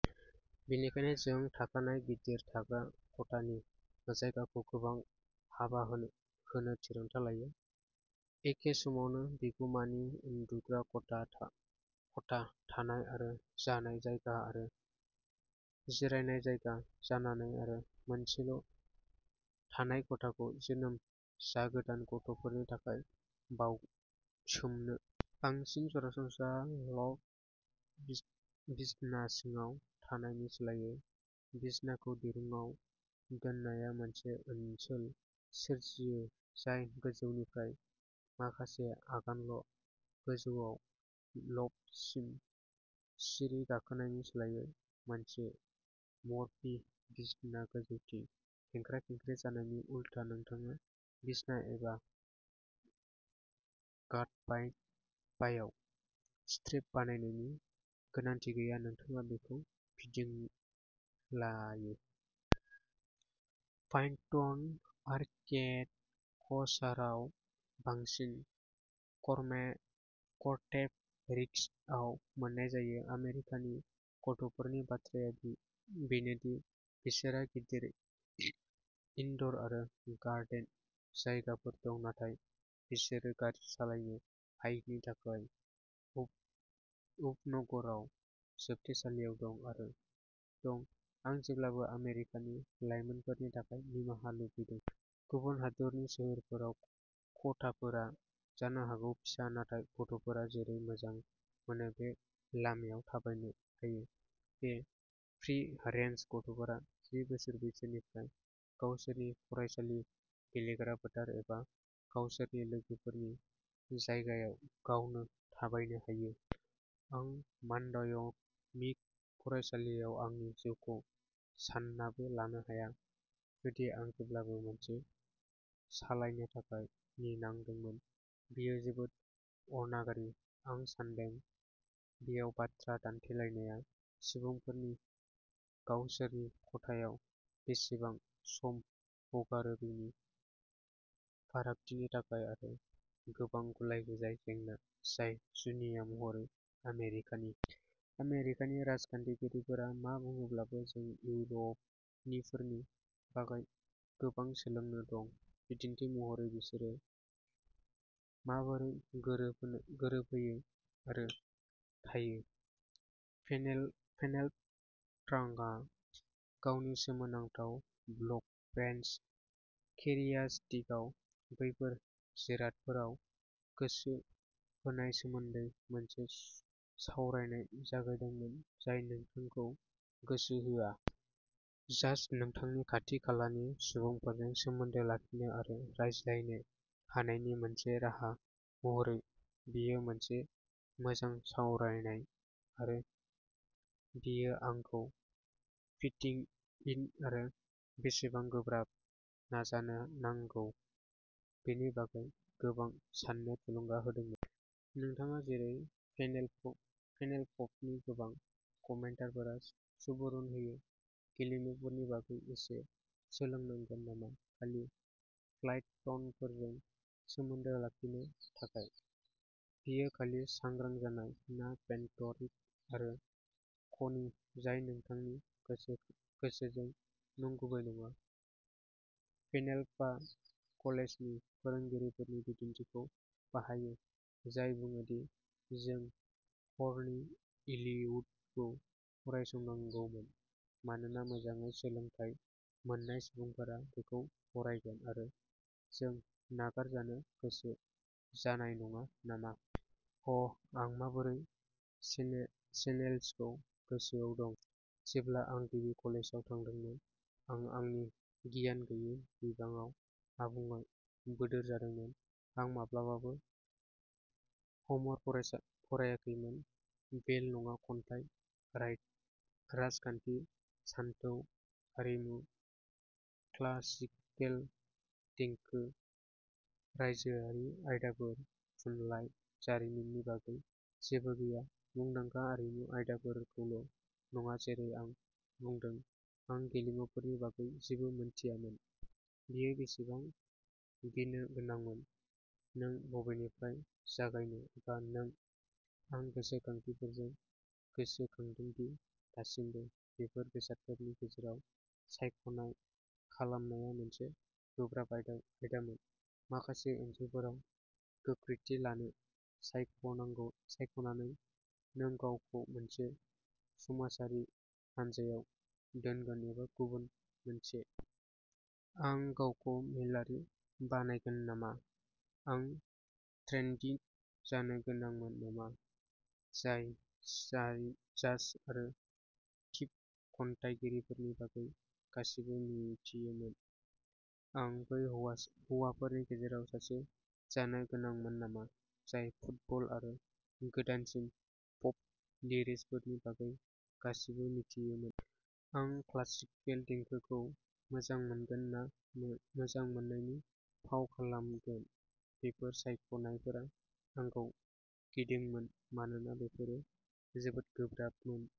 बेनिखायनो जों थाखानाय गिदिर थाग्रा खथानि जायगाखौ गोबां हाबा होनो थिरांथा लायो, एखे समावनो बिगुमानि उन्दुग्रा खथा, थानाय आरो जानाय जायगा आरो जिरायनाय जायगा जानानै आरो मोनसेल' थानाय खथाखौ जोनोम जागोदान गथ'फोरनि थाखाय बावसोमनो। बांसिन सरासनस्रा लफ्ट बिसना सिङाव थानायनि सोलायै, बिसनाखौ दिरुंआव दोननाया मोनसे ओनसोल सोरजियो जाय गोजौनिफ्राय माखासे आगानल' गोजौआव, लफ्टसिम सिरि गाखोनायनि सोलायै। मोनसे मर्फी बिसना गोजौथिं खेंख्रा खेंख्रि जानायनि उलथा, नोंथाङा बिसना एबा गादबायाव स्ट्रेप बानायनायनि गोनांथि गैया, नोंथाङा बेखौ फिदिंलायो। पइन्ट आर्किटेकसाराव बांसिन, कन्टेम्प'रिस्टआव मोन्नाय जायो। आमेरिकानि गथ'फोरनि बाथ्राया बेनो दि बिसोरहा गिदिर इनड'र आरो गार्डेन जायगाफोर दं, नाथाय बिसोरो गारि सालायनो हायैनि थाखाय उपनगराव जोबथेसालियाव दं। आं जेब्लाबो आमेरिकानि लाइमोनफोरनि थाखाय निमाहा लुबैदों। गुबुन हादोरनि सोहोरफोराव, खथाफोरा जानो हागौ फिसा नाथाय गथ'फोरा जेरै मोजां मोनो बे लामायाव थाबायनो हायो। बे फ्रि रेन्ज गथ'फोरा जि बोसोर बैसोनिफ्राय गावसोरनि फरायसालि, गेलेग्रा फोथार एबा गावसोरनि लोगोफोरनि जायगायाव गावनो थाबायनो हायो। आं माध्यमिक फरायसालियाव आंनि जिउखौ साननाबो लानो हाया, जुदि आं जेब्लाबो मोनसे सालायनो थाखाय नेनांदोंमोन बेयो जोबोद अनागारि आं सान्दों बेयाव बाथ्रा दान्थेलायनाया सुबुंफोरनि गावसोरनि खथायाव बेसेबां सम हगारो बेनि फारागथिनि थाखाय, आरो गोबां गुलाय गुजाय जेंना जाय जुनिया महरै आमेरिकानि। आमेरिकानि राजखान्थिगिरिफोरा मा बुङोब्लाबो, जों इउर'पनिफोरनि बागै गोबां सोलोंनो दं। बिदिन्थि महरै, बिसोरो माबोरै गोरोबहोयो आरो थायो। पेनेल'प ट्रांकआ गावनि सोमोनांथाव ब्लग ब्रेजेन केरियारिस्टआव बैफोर जिरादफोराव गोसो होनाय सोमोन्दै मोनसे सावरायनाय जागायदोंमोन, जाय नोंथांखौ गोसो होआ। जास्ट नोंथांनि खाथि खालानि सुबुंफोरजों सोमोन्दो लाखिनो आरो रायज्लायनो हानायनि मोनसे राहा महरै। बेयो मोनसे मोजां सावरायनाय, आरो बेयो आंखौ फिटिं इन आरो बेसेबां गोब्राब नाजानो नांगौ बेनि बागै गोबां साननो थुलुंगा होदोंमोन। नोंथाङा, जेरै पेनेल'पनि गोबां कमेन्टारफोरा सुबुरुन होयो, गेलेमुफोरनि बागै एसे सोलोंनांगोन नामा खालि क्लाइन्टफोरजों सोमोन्दो लाखिनो थाखाय? बेयो खालि सांग्रां जानाय ना पेन्डरिंग आरो फ'नि जाय नोंथांनि गोसोजों नंगुबै नङा? पेनेल'पआ कलेजनि फोरोंगिरिफोरनि बिदिन्थिखौ बाहायो, जाय बुङो दि जों ह'मरनि इलियडखौ फरायनांगौमोन मानोना मोजाङै सोलोंथाय मोननाय सुबुंफोरा बेखौ फरायगोन, आरो जों नागारजानो गोसो जानाय नङा नामा? अ, आं माबोरै बै चेलेन्जखौ गोसोआव दं जेब्ला आं गिबि कलेजाव थांदोंमोन आं आंनि गियान गैयिनि बिबाङाव आबुङै बोदोर जादोंमोन। आं माब्लाबाबो ह'मर फरायाखैमोन बेल' नङा खन्थाइ, राजखान्थि, सानथौ, आरिमु, क्लासिकेल देंखो, रायजोआरि आयदाफोर, थुनलाइ, जारिमिननि बागै जेबो गैया, मुंदांखा हारिमु आयदाफोरखौल' नङा जेरै आं बुंदोंमोन, आं गेलेमुफोरनि बागै जेबो मिथियामोन। बेयो बेसेबां गिनो गोनांमोन नों बबेनिफ्राय जागायो? एबा नों? आं गोसोखांथिफोरजों गोसोखांदों दि दासिमबो, बेफोर बेसादफोरनि गेजेराव सायख'नाय खालामनाया मोनसे गोब्राब आयदामोन। माखासे ओनसोलफोराव' गोख्रैथि लानो सायख'नानै, नों गावखौ मोनसे समाजारि हानजायाव दोनगोन एबा गुबुन मोनसे। आं गावखौ मेलेमारि बानायगोन नामा? आं ट्रेन्डी जानो गोनांमोन नामा जाय जाज आरो बिट खन्थाइगिरिफोरनि बागै गासिबो मिथियोमोन? आं बै हौवाफोरनि गेजेराव सासे जानो गोनांमोन नामा जाय फुटबल आरो गोदानसिन पप रिलिजफोरनि बागै गासिबो मिथियोमोन? आं क्लासिकेल देंखोखौ मोजां मोनगोन ना मोजां मोननायनि फाव खालामगोन? बेफोर सायख'नायफोरा आंखौ गिदोंमोन मानोना बेफोरो जोबोद गोब्राबमोन।